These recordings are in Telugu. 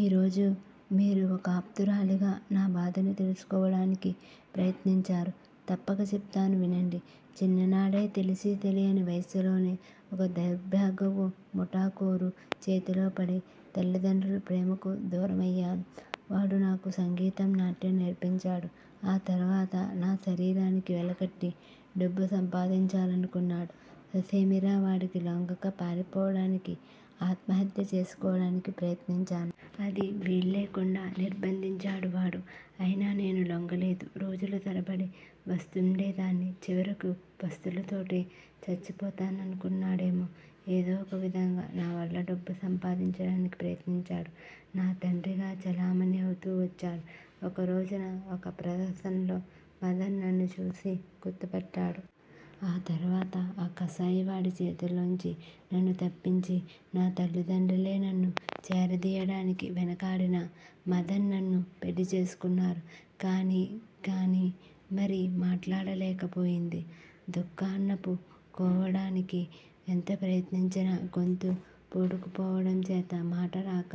ఈ రోజు మీరు ఒక ఆప్తురాలిగా, నా బాధని తెలుసుకోవడానికి ప్రయత్నించారు. తప్పక చెప్తాను వినండి. చిన్ననాడే తెలిసీ తెలియని వయస్సులోనే ఒక దౌర్భాగ్యపు ముఠాకోరు చేతిలో పడి, తల్లిదండ్రుల ప్రేమకి దూరమయ్యాను. వాడు నాకు సంగీతం, నాట్యం నేర్పించాడు. ఆ తరువాత నా శరీరానికి వెలకట్టి డబ్బు సంపాదించాలనుకున్నాడు ససేమిరా వాడికి లొంగక పారిపోవడానికీ, ఆత్మహత్య చేసుకోవడానికీ ప్రయత్నించాను. అదీ వీల్లేకుండా నిర్భందించాడు వాడు. అయినా నేను లొంగలేదు. రోజుల తరబడి పస్తుండేదాన్ని చివరికి పస్తులతోటే చచ్చిపోతాననుకున్నాడేమో ఏదో ఒక విధంగా నావల్ల డబ్బు సంపాదించడానికి ప్రయత్నించాడు. నా తండ్రిగా చలామణి అవుతూ వచ్చాడు. ఒకరోజున ఒక ప్రదర్శనలో, మధన్ నన్ను చూసి గుర్తు పట్టాడు. ఆ తరువాత, ఆ కసాయివాడి చేతుల్లోంచి నన్ను తప్పించి, నా తల్లిదండ్రులే నన్ను చేరదియ్యడానికి వెనకాడినా, మధన్ నన్ను పెళ్ళి చేసుకున్నారు కానీ కానీ మరి మాట్లాడలేకపోయింది దుఃఖాన్నాపు కోవడానికి ఎంత ప్రయత్నించినా, గొంతు పూడుకుపోవడంచేత, మాటరాక,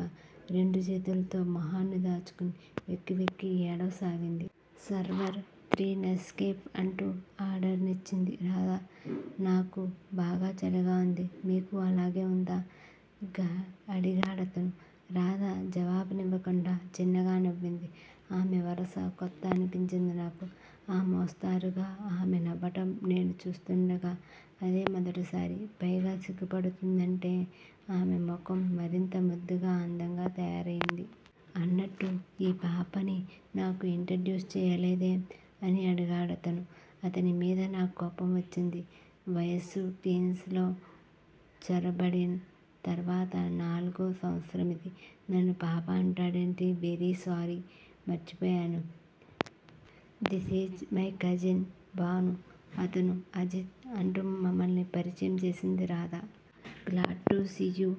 రెండు చేతుల్తో మొహాన్ని దాచుకుని వెక్కి వెక్కి ఏడవసాగింది. సర్వర్! Three Nescafe! అంటూ ఆర్డరిచ్చింది రాధ. నాకు బాగా చలిగా ఉంది. మీకూ అలాగే ఉందా? అడిగాడతను. రాధ జవాబివ్వకుండా చిన్నగా నవ్వింది. ఆమె వరస కొత్త అనిపించింది నాకు. ఆ మోస్తారుగా ఆమె నవ్వటం నేను చూస్తూండగా అదే మొదటిసారి. పైగా సిగ్గుపడుతూంటే ఆమె ముఖం మరింత ముద్దుగా అందంగా తయారయింది. అన్నట్లు, ఈ పాపని నాకు ఇంట్రడ్యూస్ చెయ్యలేదేం? అడిగాడతను. అతని మీద నాకు కోపం వచ్చింది. వయస్సు 'టీన్స్' లో జొరబడిం తర్వాత నాలుగో సంవత్సరమిది. నన్ను 'పాప' అంటాడేమిటి? Very sorry! మర్చిపోయాను. దిసీజ్ మై కజిన్, భాను అతను అజిత్! అంటూ మమ్మల్ని పరిచయం చేసింది రాధ. Glad to see you!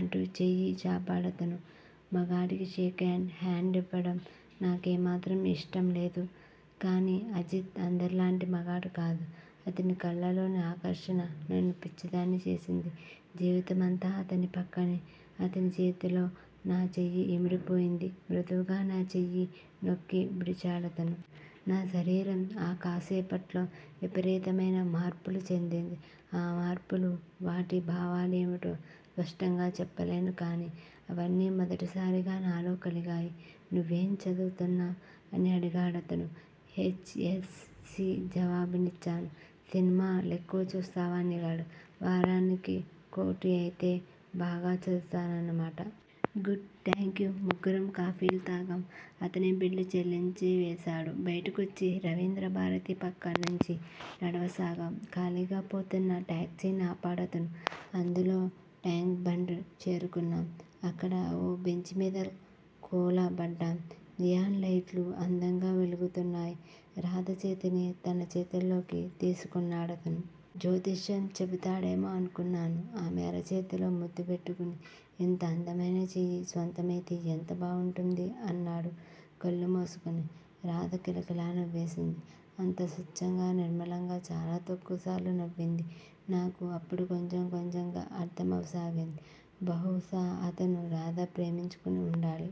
అంటూ చేయి చాపాడతను. మగాడికి షేక్ హాండ్ ఇవ్వటం నాకేమాత్రం ఇష్టం లేదు. కాని, అజిత్ అందరిలాంటి మగాడు కాదు. అతని కళ్ళలోని ఆకర్షణ నన్ను పిచ్చిదాన్ని చేసింది. జీవితమంతా అతని పక్కనే అతని చేతిలో నా చేయి ఇమిడిపోయింది. మృదువుగా నా చేయి నొక్కి విడిచాడతను. నా శరీరం ఆ కాసేపట్లో, విపరీతమయిన మార్పులు చెందింది. ఆ మార్పులు, వాటి భావాలు ఏమిటో స్పష్టంగా చెప్పలేను. కాని, అవన్నీ మొదటిసారిగా నాలో కలిగాయి. నువ్వేం చదువుతున్నావ్? అడిగాడతను. హెచ్. ఎస్. సి. జవాబిచ్చాను. సినిమా లెక్కువ చూస్తావా? అడిగాడు. వారాని కోటి! అయితే, బాగా చదువుతా వన్నమాట! గుడ్! థాంక్యూ! ముగ్గురం కాపీలు తాగాం. అతనే బిల్లు చెల్లించివేశాడు. బయటికొచ్చి రవీంద్రభారతి పక్క నుంచి నడవసాగాం. ఖాళీగా పోతున్న టాక్సీని ఆపాడతను. అందులో టాంక్ బండ్ చేరుకున్నాం. అక్కడ ఓ బెంచీమీద కూలబడ్డాం. నియోన్ లైట్లు అందంగా వెలుగుతున్నాయి. రాధ చేతిని తన చేతుల్లోకి తీసుకొన్నాడతను. జ్యోతిష్యం చెబుతాడేమో అనుకొన్నాను. ఆమె అరచేతిలో ముద్దు పెట్టుకొని, ఇంత అందమయిన చెయ్యి స్వంతమయితే ఎంత బావుంటుందీ! అన్నాడు కళ్ళు మూసుకొని. రాధ కిలకిల నవ్వేసింది. అంత స్వచ్ఛంగా, నిర్మలంగా చాలా తక్కువసార్లు నవ్వింది. నాకు అప్పుడు కొంచెం కొంచెంగా అర్థమవసాగింది. బహుశా అతనూ, రాధా ప్రేమించుకొని ఉండాలి.